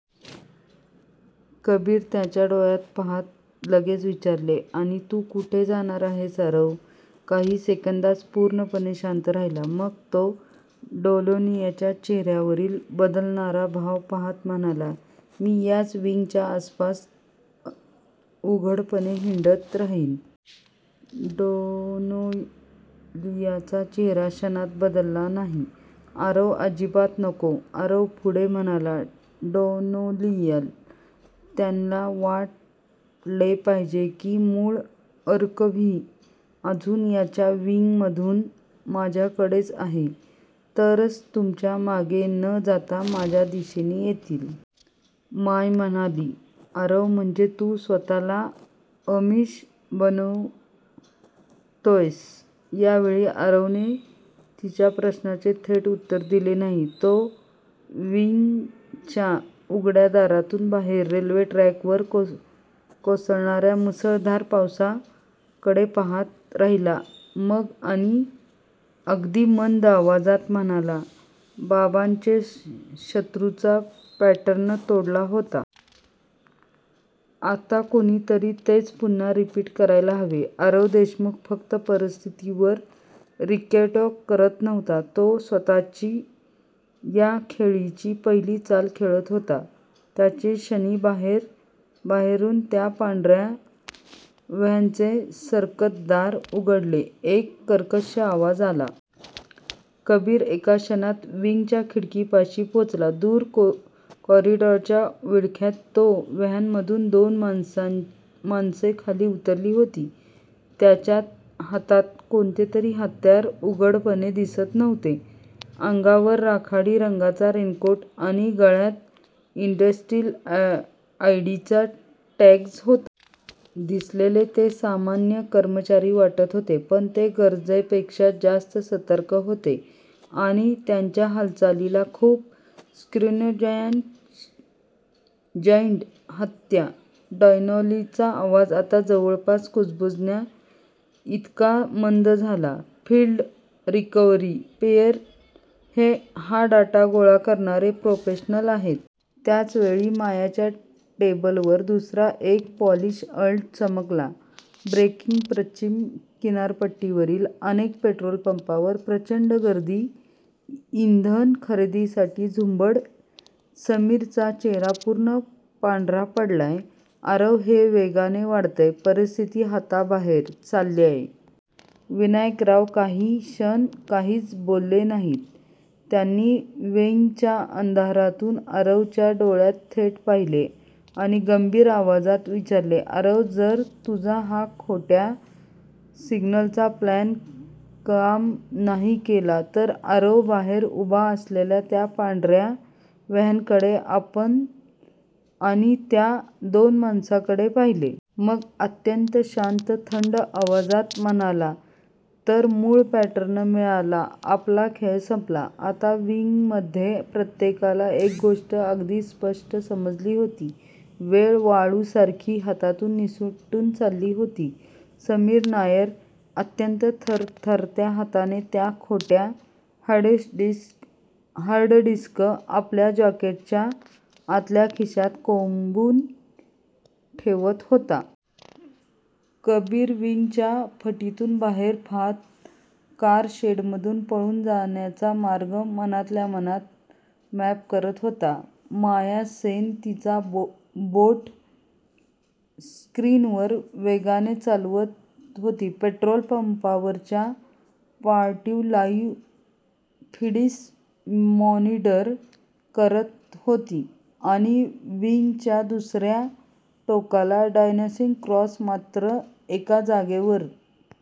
कबीरने त्याच्या डोळ्यात पाहत लगेच विचारलं, आणि तू? तू कुठे जाणार आहेस? आरव काही सेकंद पूर्णपणे शांत राहिला. मग तो डॅनियलच्या चेहऱ्यावरील बदलणारे भाव पाहत म्हणाला, "मी याच वॅगनच्या आसपास उघडपणे हिंडत राहीन." डॅनियलचा चेहरा क्षणात बदलला, "नाही आरव, अजिबात नको! " आरव पुढे म्हणाला, "डॅनियल, त्यांना वाटलं पाहिजे की मूळ आर्काइव्ह अजूनही याच वॅगनमध्ये, माझ्याकडेच आहे. तरच ते तुमच्या मागे न जाता माझ्या दिशेने येतील." माया म्हणाली, "आरव, म्हणजे तू स्वतःला आमिष बनवतोयस? " यावेळी आरवने तिच्या प्रश्नाचं थेट उत्तर दिलं नाही. तो वॅगनच्या उघड्या दारातून बाहेर रेल्वे ट्रॅकवर कोसळणाऱ्या मुसळधार पावसाकडे पाहत राहिला. मग अगदी मंद आवाजात म्हणाला, "बाबांनी शत्रूचे पॅटर्न्स तोडले होते. आता कोणीतरी तेच पुन्हा रिपीट करायला हवं." आरव देशमुख फक्त परिस्थितीवर रिअॅक्ट करत नव्हता. तो स्वतः या खेळाची पहिली चाल खेळत होता. त्याच क्षणी बाहेरून त्या पांढऱ्या व्हॅनचं सरकतं दार उघडल्याचा एक कर्कश आवाज आला. कबीर एका क्षणात वॅगनच्या खिडकीपाशी पोहोचला. दूर कॉरिडॉरच्या काळोखात त्या व्हॅनमधून दोन माणसं खाली उतरली होती. त्यांच्या हातात कोणतंही हत्यार उघडपणे दिसत नव्हतं. अंगावर राखाडी रंगाचे रेनकोट आणि गळ्यात इंडस्ट्रियल आयडी टॅग्ज होते. दिसायला ते सामान्य कर्मचारी वाटत होते, पण ते गरजेपेक्षा जास्त सतर्क होते आणि त्यांच्या हालचाली खूप सिंक्रोनाइज्ड होत्या. डॅनियलचा आवाज आता जवळपास कुजबुजण्याइतकाच मंद झाला, "फील्ड रिकव्हरी पेअर हे डेटा गोळा करणारे प्रोफेशनल्स आहेत." त्याच वेळी मायाच्या टॅब्लेटवर दुसरा एक फ्लॅश अलर्ट चमकला ब्रेकिंग पश्चिम किनारपट्टीवरील अनेक पेट्रोल पंपांवर लोकांची प्रचंड गर्दी. इंधन खरेदीसाठी झुंबड. समीरचा चेहरा पूर्णपणे पांढरा पडला, "आरव, हे खूप वेगाने वाढतंय. परिस्थिती हाताबाहेर चाललीये." विनायकराव काही क्षण काहीच बोलले नाहीत. त्यांनी वॅगनच्या अंधारातून आरवच्या डोळ्यात थेट पाहिलं आणि गंभीर आवाजात विचारलं, "आरव, जर तुझा हा खोट्या सिग्नल्सचा प्लॅन काम नाही केला तर?" आरवने बाहेर उभ्या असलेल्या त्या पांढऱ्या व्हॅनकडे आणि त्या दोन माणसांकडे पाहिलं. मग अत्यंत शांत, थंड आवाजात म्हणाला, "तर त्यांना मूळ पॅटर्न मिळेल आणि आपला खेळ संपेल." आता वॅगनमधल्या प्रत्येकाला एक गोष्ट अगदी स्पष्ट समजली होती, वेळ वाळूसारखी हातातून निसटत चालली होती. समीर नायर अत्यंत थरथरत्या हाताने त्या खोट्या हार्डडिस्क आपल्या जॅकेटच्या आतल्या खिशात कोंबून ठेवत होता. कबीर वॅगनच्या फटीतून बाहेर पाहत कारशेडमधून पळून जाण्याचे मार्ग मनातल्या मनात मॅप करत होता. माया सेन तिची बोटं स्क्रीनवर वेगाने चालवत पेट्रोल पंपावरच्या आणि पोर्टवरच्या लाईव्ह फीड्स मॉनिटर करत होती. पण वॅगनच्या अगदी दुसऱ्या टोकाला डॅनियल क्रॉस मात्र एका जागेवर